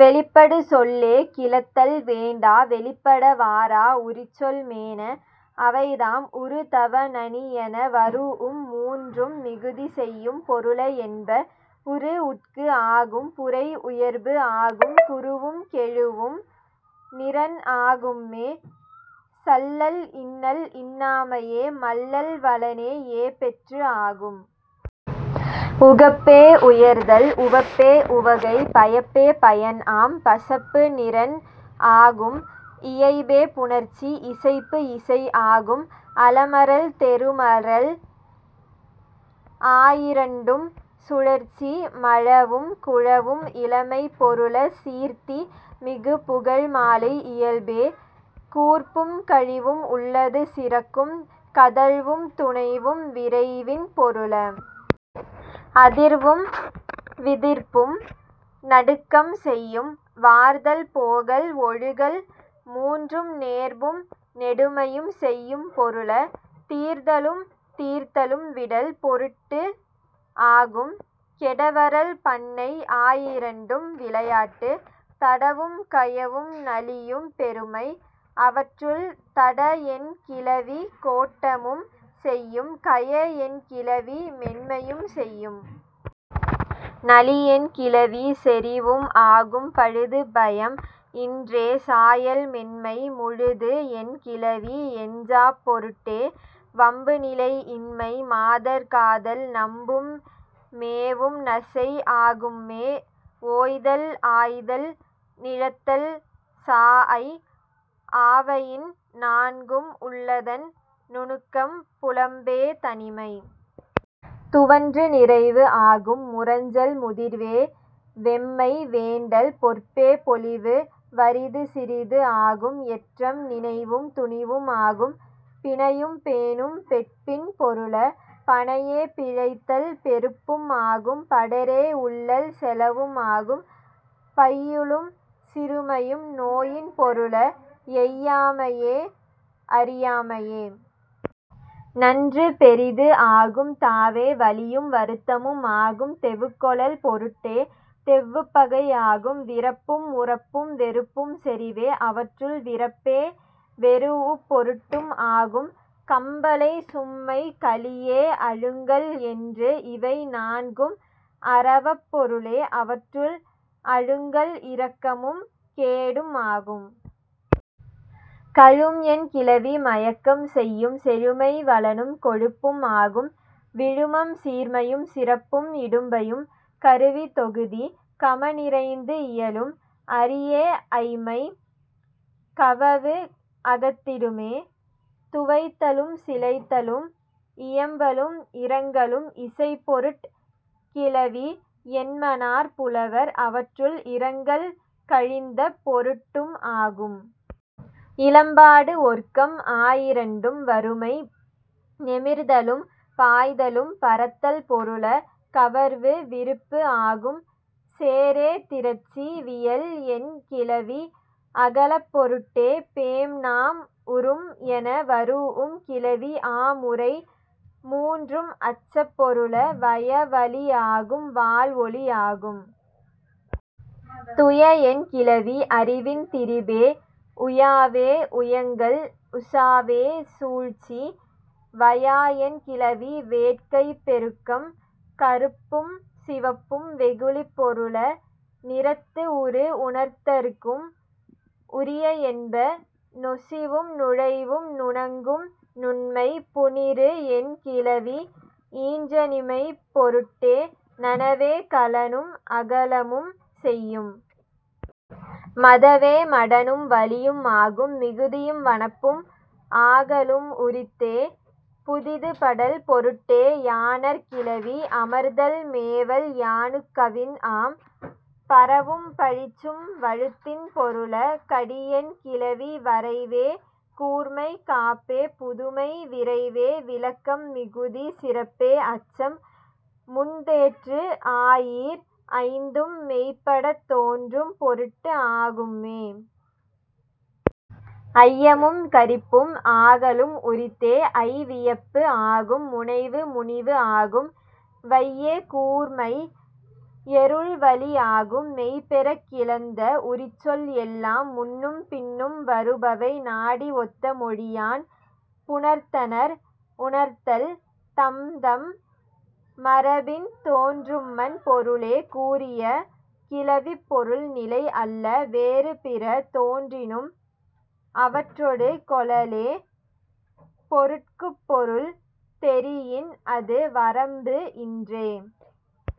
வெளிப்படு சொல்லே கிளத்தல் வேண்டா வெளிப்பட வாரா உரிச்சொல் மேன. அவைதாம், உறு தவ நனி என வரூஉம் மூன்றும் மிகுதி செய்யும் பொருள என்ப. உரு உட்கு ஆகும் புரை உயர்பு ஆகும். குருவும் கெழுவும் நிறன் ஆகும்மே. சல்லல் இன்னல் இன்னாமையே. மல்லல் வளனே ஏ பெற்று ஆகும். உகப்பே உயர்தல் உவப்பே உவகை. பயப்பே பயன் ஆம். பசப்பு நிறன் ஆகும். இயைபே புணர்ச்சி. இசைப்பு இசை ஆகும். அலமரல் தெருமரல் ஆயிரண்டும் சுழற்சி. மழவும் குழவும் இளமைப் பொருள. சீர்த்தி மிகு புகழ் மாலை இயல்பே. கூர்ப்பும் கழிவும் உள்ளது சிறக்கும். கதழ்வும் துனைவும் விரைவின் பொருள. அதிர்வும் விதிர்ப்பும் நடுக்கம் செய்யும். வார்தல் போகல் ஒழுகல் மூன்றும் நேர்பும் நெடுமையும் செய்யும் பொருள. தீர்தலும் தீர்த்தலும் விடல் பொருட்டு ஆகும். கெடவரல் பண்ணை ஆயிரண்டும் விளையாட்டு. தடவும் கயவும் நளியும் பெருமை. அவற்றுள், தட என் கிளவி கோட்டமும் செய்யும். கய என் கிளவி மென்மையும் செய்யும். நளி என் கிளவி செறிவும் ஆகும். பழுது பயம் இன்றே. சாயல் மென்மை. முழுது என் கிளவி எஞ்சாப் பொருட்டே. வம்பு நிலை இன்மை. மாதர் காதல். நம்பும் மேவும் நசை ஆகும்மே. ஓய்தல் ஆய்தல் நிழத்தல் சாஅய் ஆவயின் நான்கும் உள்ளதன் நுணுக்கம். புலம்பே தனிமை. துவன்று நிறைவு ஆகும். முரஞ்சல் முதிர்வே. வெம்மை வேண்டல். பொற்பே பொலிவு. வறிது சிறிது ஆகும். எற்றம் நினைவும் துணிவும் ஆகும். பிணையும் பேணும் பெட்பின் பொருள. பணையே பிழைத்தல் பெருப்பும் ஆகும். படரே உள்ளல் செலவும் ஆகும். பையுளும் சிறுமையும் நோயின் பொருள. எய்யாமையே அறியாமையே. நன்று பெரிது ஆகும். தாவே வலியும் வருத்தமும் ஆகும் தெவுக் கொளல் பொருட்டே. தெவ்வுப் பகை ஆகும். விறப்பும் உறப்பும் வெறுப்பும் செறிவே. அவற்றுள், விறப்பே வெரூஉப் பொருட்டும் ஆகும். கம்பலை சும்மை கலியே அழுங்கல் என்று இவை நான்கும் அரவப் பொருள. அவற்றுள், அழுங்கல் இரக்கமும் கேடும் ஆகும். கழும் என் கிளவி மயக்கம் செய்யும். செழுமை வளனும் கொழுப்பும் ஆகும். விழுமம் சீர்மையும் சிறப்பும் இடும்பையும். கருவி தொகுதி. கம நிறைந்து இயலும். அரியே ஐம்மை. கவவு அகத்திடுமே. துவைத்தலும் சிலைத்தலும் இயம்பலும் இரங்கலும் இசைப் பொருட் கிளவி என்மனார் புலவர். அவற்றுள், இரங்கல் கழிந்த பொருட்டும் ஆகும். இலம்பாடு ஒற்கம் ஆயிரண்டும் வறுமை. ஞெமிர்தலும் பாய்தலும் பரத்தல் பொருள. கவர்வு விருப்பு ஆகும். சேரே திரட்சி. வியல் என் கிளவி அகலப் பொருட்டே. பேம் நாம் உரும் என வரூஉம் கிளவி ஆ முறை மூன்றும் அச்சப் பொருள. வய வலி ஆகும். வாள் ஒளி ஆகும். துய என் கிளவி அறிவின் திரிபே. உயாவே உயங்கல். உசாவே சூழ்ச்சி. வயா என் கிளவி வேட்கைப் பெருக்கம். கறுப்பும் சிவப்பும் வெகுளிப் பொருள. நிறத்து உரு உணர்த்தற்கும் உரிய என்ப. நொசிவும் நுழைவும் நுணங்கும் நுண்மை. புனிறு என் கிளவி ஈன்றணிமைப் பொருட்டே. நனவே களனும் அகலமும் செய்யும். மதவே மடனும் வலியும் ஆகும். மிகுதியும் வனப்பும் ஆகலும் உரித்தே. புதிதுபடல் பொருட்டே யாணர்க் கிளவி. அமர்தல் மேவல். யாணுக் கவின் ஆம். பரவும் பழிச்சும் வழுத்தின் பொருள. கடி என் கிளவி வரைவே கூர்மை காப்பே புதுமை விரைவே விளக்கம் மிகுதி சிறப்பே அச்சம் முன்தேற்று ஆயீர் ஐந்தும் மெய்ப்படத் தோன்றும் பொருட்டு ஆகும்மே. ஐயமும் கரிப்பும் ஆகலும் உரித்தே. ஐ வியப்பு ஆகும். முனைவு முனிவு ஆகும். வையே கூர்மை. எறுழ் வலி ஆகும். மெய் பெறக் கிளந்த உரிச்சொல் எல்லாம் முன்னும் பின்னும் வருபவை நாடி ஒத்த மொழியான் புணர்த்தனர் உணர்த்தல் தம்தம் மரபின் தோன்றும்மன் பொருளே. கூறிய கிளவிப் பொருள் நிலை அல்ல வேறு பிற தோன்றினும் அவற்றொடு கொளலே. பொருட்குப் பொருள் தெரியின் அது வரம்பு இன்றே।